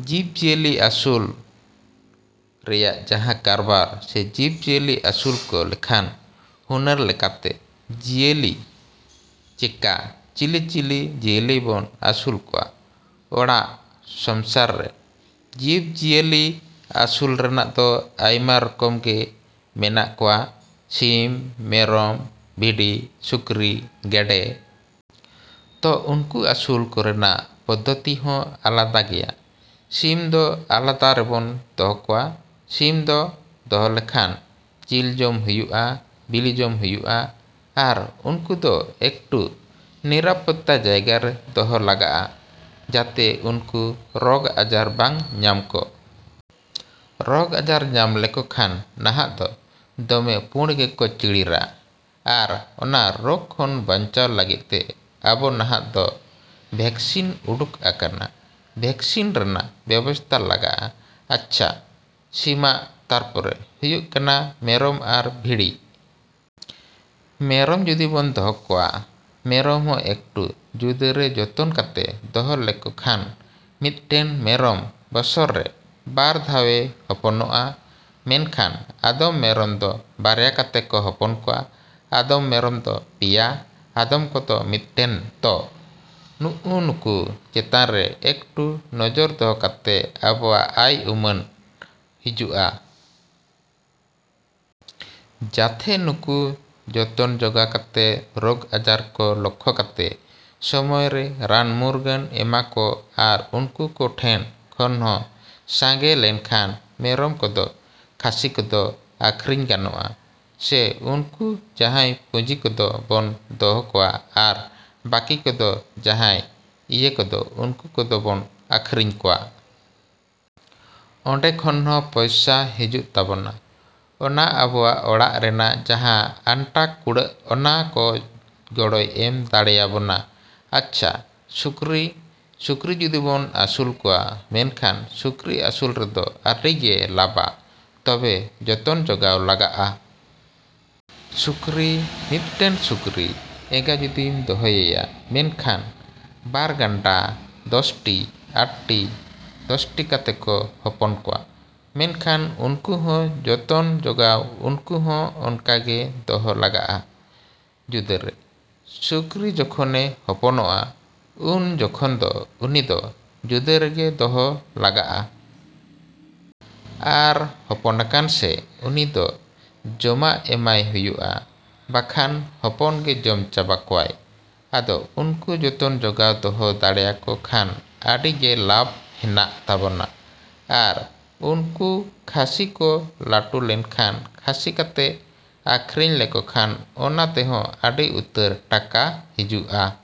ᱡᱤᱵᱽ ᱡᱤᱭᱟᱹᱞᱤ ᱟᱹᱥᱩᱞ ᱨᱮᱭᱟᱜ ᱡᱟᱦᱟᱸ ᱠᱟᱨᱵᱟᱨ ᱥᱮ ᱡᱤᱵᱽ ᱡᱤᱭᱟᱹᱞᱤ ᱟᱹᱥᱩᱞ ᱠᱚ ᱞᱮᱠᱷᱟᱱ ᱦᱩᱱᱟᱹᱨ ᱞᱮᱠᱟᱛᱮ ᱡᱤᱭᱟᱹᱞᱤ ᱪᱮᱠᱟ, ᱪᱤᱞᱤᱼᱪᱤᱞᱤ ᱡᱤᱭᱟᱹᱞᱤ ᱵᱚᱱ ᱟᱹᱥᱩᱞ ᱠᱚᱣᱟ? ᱚᱲᱟᱜ ᱥᱚᱢᱥᱟᱨ ᱨᱮ ᱡᱤᱵᱽᱼᱡᱤᱭᱟᱹᱞᱤ ᱟᱹᱥᱩᱞ ᱨᱮᱱᱟᱜ ᱫᱚ ᱟᱭᱢᱟ ᱨᱚᱠᱚᱢ ᱜᱮ ᱢᱮᱱᱟᱜ ᱠᱚᱣᱟ: ᱥᱤᱢ, ᱢᱮᱨᱚᱢ, ᱵᱷᱤᱰᱤ, ᱥᱩᱠᱨᱤ, ᱜᱮᱰᱮ᱾ ᱛᱚ ᱱᱩᱠᱩ ᱟᱹᱥᱩᱞ ᱠᱚᱨᱮᱱᱟᱜ ᱯᱚᱫᱽᱫᱷᱚᱛᱤ ᱦᱚᱸ ᱟᱞᱟᱫᱟ ᱜᱮᱭᱟ᱾ ᱥᱤᱢ ᱫᱚ ᱟᱞᱟᱫᱟ ᱨᱮᱵᱚᱱ ᱫᱚᱦᱚ ᱠᱚᱣᱟ᱾ ᱥᱤᱢ ᱫᱚ ᱫᱚᱦᱚ ᱞᱮᱠᱷᱟᱱ ᱡᱤᱞ ᱡᱚᱢ ᱦᱩᱭᱩᱜᱼᱟ, ᱵᱤᱞᱤ ᱡᱚᱢ ᱦᱩᱭᱩᱜᱼᱟ᱾ ᱟᱨ ᱩᱱᱠᱩ ᱫᱚ ᱮᱠᱴᱩ ᱱᱤᱨᱟᱯᱚᱛᱛᱟ ᱡᱟᱭᱜᱟ ᱨᱮ ᱫᱚᱦᱚ ᱞᱟᱜᱟᱜᱼᱟ, ᱡᱟᱛᱮ ᱩᱱᱠᱩ ᱨᱳᱜᱽ ᱟᱡᱟᱨ ᱵᱟᱝ ᱧᱟᱢ ᱠᱚ᱾ ᱨᱳᱜᱽ ᱟᱡᱟᱨ ᱧᱟᱢ ᱞᱮᱠᱚ ᱠᱷᱟᱱ ᱱᱟᱦᱟᱜ ᱫᱚ ᱫᱚᱢᱮ ᱯᱩᱬ ᱜᱮᱠᱚ ᱪᱤᱨᱤᱲᱟ᱾ ᱟᱨ ᱚᱱᱟ ᱨᱳᱜᱽ ᱠᱷᱚᱱ ᱵᱟᱧᱪᱟᱣ ᱞᱟᱹᱜᱤᱫ ᱛᱮ ᱟᱵᱚ ᱱᱟᱦᱟᱜ ᱫᱚ ᱵᱷᱮᱠᱥᱤᱱ ᱩᱰᱩᱠ ᱟᱠᱟᱱᱟ, ᱵᱷᱮᱠᱥᱤᱱ ᱨᱮᱱᱟᱜ ᱵᱮᱵᱚᱥᱛᱟ ᱞᱟᱜᱟᱜᱼᱟ᱾ ᱟᱪᱪᱷᱟ, ᱥᱤᱢᱟᱜ, ᱛᱟᱨᱯᱚᱨᱮ ᱦᱩᱭᱩᱜ ᱠᱟᱱᱟ ᱢᱮᱨᱚᱢ ᱟᱨ ᱵᱷᱤᱰᱤ᱾ ᱢᱮᱨᱚᱢ ᱡᱩᱫᱤ ᱵᱚᱱ ᱫᱚᱦᱚ ᱠᱚᱣᱟ, ᱢᱮᱨᱚᱢ ᱦᱚᱸ ᱮᱠᱴᱩ ᱡᱩᱫᱟᱹᱨᱮ ᱡᱚᱛᱚᱱ ᱠᱟᱛᱮ ᱫᱚᱦᱚ ᱞᱮᱠᱚ ᱠᱷᱟᱱ ᱢᱤᱫᱴᱮᱱ ᱢᱮᱨᱚᱢ ᱵᱚᱥᱚᱨ ᱨᱮ ᱵᱟᱨ ᱫᱷᱟᱣᱮ ᱦᱚᱯᱚᱱᱚᱜᱼᱟ᱾ ᱢᱮᱱᱠᱷᱟᱱ ᱟᱫᱚᱢ ᱢᱮᱨᱚᱢ ᱫᱚ ᱵᱟᱨᱭᱟ ᱠᱟᱛᱮ ᱠᱚ ᱦᱚᱯᱚᱱ ᱠᱚᱣᱟ, ᱟᱫᱚᱢ ᱢᱮᱨᱚᱢ ᱫᱚ ᱯᱮᱭᱟ, ᱟᱫᱚᱢ ᱠᱚᱫᱚ ᱢᱤᱫᱴᱮᱱ ᱛᱚ, ᱱᱩᱜᱼᱩ ᱱᱩᱠᱩ ᱪᱮᱛᱟᱱ ᱨᱮ ᱮᱠᱴᱩ ᱱᱚᱡᱚᱨ ᱫᱚᱦᱚ ᱠᱟᱛᱮ ᱟᱵᱚᱣᱟᱜ ᱟᱭ ᱩᱢᱟᱹᱱ ᱦᱤᱡᱩᱜᱼᱟ᱾ ᱡᱟᱛᱷᱮ ᱱᱩᱠᱩ ᱡᱚᱛᱚᱱ ᱡᱚᱜᱟᱣ ᱠᱟᱛᱮ ᱨᱳᱜᱽ ᱟᱡᱟᱨ ᱠᱚ ᱞᱳᱠᱠᱷᱳ ᱠᱟᱛᱮ ᱥᱚᱢᱚᱭ ᱨᱮ ᱨᱟᱱᱼᱢᱩᱨᱜᱟᱹᱱ ᱮᱢᱟᱠᱚ ᱟᱨ ᱩᱱᱠᱩ ᱠᱚ ᱴᱷᱮᱱ ᱠᱷᱚᱱ ᱦᱚᱸ ᱥᱟᱸᱜᱮ ᱞᱮᱱᱠᱷᱟᱱ ᱢᱮᱨᱚᱢ ᱠᱚᱫᱚ ᱠᱷᱟᱹᱥᱤ ᱠᱚᱫᱚ ᱟᱹᱠᱷᱨᱤᱧ ᱜᱟᱱᱚᱜᱼᱟ᱾ ᱥᱮ ᱩᱱᱠᱩ ᱡᱟᱦᱟᱸᱭ ᱯᱩᱸᱡᱤ ᱠᱚᱫᱚ ᱵᱚᱱ ᱫᱚᱦᱚ ᱠᱚᱣᱟ ᱟᱨ ᱵᱟᱹᱠᱤ ᱠᱚᱫᱚ ᱡᱟᱦᱟᱸᱭ ᱤᱭᱟᱹ ᱠᱚᱫᱚ ᱩᱱᱠᱩ ᱠᱚᱫᱚ ᱵᱚᱱ ᱟᱹᱠᱷᱨᱤᱧ ᱠᱚᱣᱟ᱾ ᱚᱸᱰᱮ ᱠᱷᱚᱱ ᱦᱚᱸ ᱯᱚᱭᱥᱟ ᱦᱤᱡᱩᱜ ᱛᱟᱵᱚᱱᱟ᱾ ᱚᱱᱟ ᱟᱵᱚᱣᱟᱜ ᱚᱲᱟᱜ ᱨᱮᱱᱟᱜ ᱡᱟᱦᱟᱸ ᱟᱱᱴᱟ ᱠᱩᱲᱟᱜ ᱚᱱᱟ ᱠᱚ ᱜᱚᱲᱚᱭ ᱮᱢ ᱫᱟᱲᱮᱭᱟᱵᱚᱱᱟ᱾ ᱟᱪᱪᱷᱟ, ᱥᱩᱠᱨᱤ, ᱥᱩᱠᱨᱤ ᱡᱩᱫᱤ ᱵᱚᱱ ᱟᱹᱥᱩᱞ ᱠᱚᱣᱟ ᱢᱮᱱᱠᱷᱟᱱ ᱥᱩᱠᱨᱤ ᱟᱹᱥᱩᱞ ᱨᱮᱫᱚ ᱟᱹᱰᱤ ᱜᱮ ᱞᱟᱵᱟ᱾ ᱛᱚᱵᱮ ᱡᱚᱛᱚᱱ ᱡᱚᱜᱟᱣ ᱞᱟᱜᱟᱜᱼᱟ᱾ ᱥᱩᱠᱨᱤ ᱢᱤᱫᱴᱮᱱ ᱥᱩᱠᱨᱤ ᱮᱸᱜᱟ ᱡᱩᱫᱤᱢ ᱫᱚᱦᱚᱭᱮᱭᱟ ᱢᱮᱱᱠᱷᱟᱱ ᱵᱟᱨ ᱜᱟᱱᱰᱟ, ᱫᱚᱥ ᱴᱤ, ᱟᱴ ᱴᱤ, ᱫᱚᱥ ᱴᱤ ᱠᱟᱛᱮ ᱠᱚ ᱦᱚᱯᱚᱱ ᱠᱚᱣᱟ᱾ ᱢᱮᱱᱠᱷᱟᱱ ᱩᱱᱠᱩ ᱦᱚᱸ ᱡᱚᱛᱚᱱ ᱡᱚᱜᱟᱣ ᱩᱱᱠᱩ ᱦᱚᱸ ᱚᱱᱠᱟ ᱜᱮ ᱫᱚᱦᱚ ᱞᱟᱜᱟᱜᱼᱟ ᱡᱩᱫᱟᱹᱨᱮ᱾ ᱥᱩᱠᱨᱤ ᱡᱚᱠᱷᱚᱱᱮ ᱦᱚᱯᱚᱱᱚᱜᱼᱟ ᱩᱱ ᱡᱚᱠᱷᱚᱱ ᱫᱚ ᱩᱱᱤ ᱫᱚ ᱡᱩᱫᱟᱹ ᱨᱮᱜᱮ ᱫᱚᱦᱚ ᱞᱟᱜᱟᱜᱼᱟ᱾ ᱟᱨ ᱦᱚᱯᱚᱱᱟᱠᱟᱱ ᱥᱮ ᱩᱱᱤ ᱫᱚ ᱡᱚᱢᱟᱜ ᱮᱢᱟᱭ ᱦᱩᱭᱩᱜᱼᱟ ᱵᱟᱠᱷᱟᱱ ᱦᱚᱯᱚᱱ ᱜᱮ ᱡᱚᱢ ᱪᱟᱵᱟ ᱠᱚᱣᱟᱭ᱾ ᱟᱫᱚ ᱩᱱᱠᱩ ᱡᱚᱛᱚᱱ ᱡᱚᱜᱟᱣ ᱫᱚᱦᱚ ᱫᱟᱲᱮᱭᱟᱠᱚ ᱠᱷᱟᱱ ᱟᱹᱰᱤ ᱜᱮ ᱞᱟᱵᱽ ᱦᱮᱱᱟᱜ ᱛᱟᱵᱚᱱᱟ᱾ ᱟᱨ ᱩᱱᱠᱩ ᱠᱷᱟᱹᱥᱤ ᱠᱚ ᱞᱟᱹᱴᱩ ᱞᱮᱱᱠᱷᱟᱱ ᱠᱷᱟᱹᱥᱤ ᱠᱟᱛᱮ ᱟᱹᱠᱷᱨᱤᱧ ᱞᱮᱠᱚ ᱠᱷᱟᱱ ᱚᱱᱟ ᱛᱮᱦᱚᱸ ᱟᱹᱰᱤ ᱩᱛᱟᱹᱨ ᱴᱟᱠᱟ ᱦᱤᱡᱩᱜᱼᱟ᱾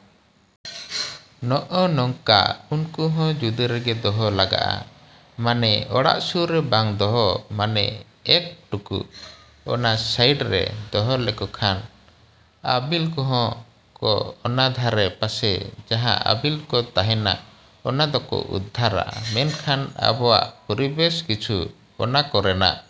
ᱱᱚᱜᱼᱚ ᱱᱚᱝᱠᱟ ᱩᱱᱠᱩ ᱦᱚᱸ ᱡᱩᱫᱟᱹ ᱨᱮᱜᱮ ᱫᱚᱦᱚ ᱞᱟᱜᱟᱜᱼᱟ᱾ ᱢᱟᱱᱮ ᱚᱲᱟᱜ ᱥᱩᱨ ᱨᱮ ᱵᱟᱝ ᱫᱚᱦᱚ ᱢᱟᱱᱮ ᱮᱠ ᱴᱩᱠᱩ ᱚᱱᱟ ᱥᱟᱭᱤᱰ ᱨᱮ ᱫᱚᱦᱚ ᱞᱮᱠᱚ ᱠᱷᱟᱱ ᱟᱹᱵᱤᱞ ᱠᱚᱦᱚᱸ ᱠᱚ ᱚᱱᱟ ᱫᱷᱟᱨᱮ ᱯᱟᱥᱮ ᱡᱟᱦᱟᱸ ᱟᱹᱵᱤᱞ ᱠᱚ ᱛᱟᱦᱮᱱᱟ ᱚᱱᱟ ᱠᱚᱠᱚ ᱩᱫᱽᱫᱷᱟᱹᱨᱟ᱾ ᱢᱮᱱᱠᱷᱟᱱ ᱟᱵᱚᱣᱟᱜ ᱯᱚᱨᱤᱵᱮᱥ ᱠᱤᱪᱷᱩ ᱚᱱᱟ ᱠᱚᱨᱮᱱᱟᱜ᱾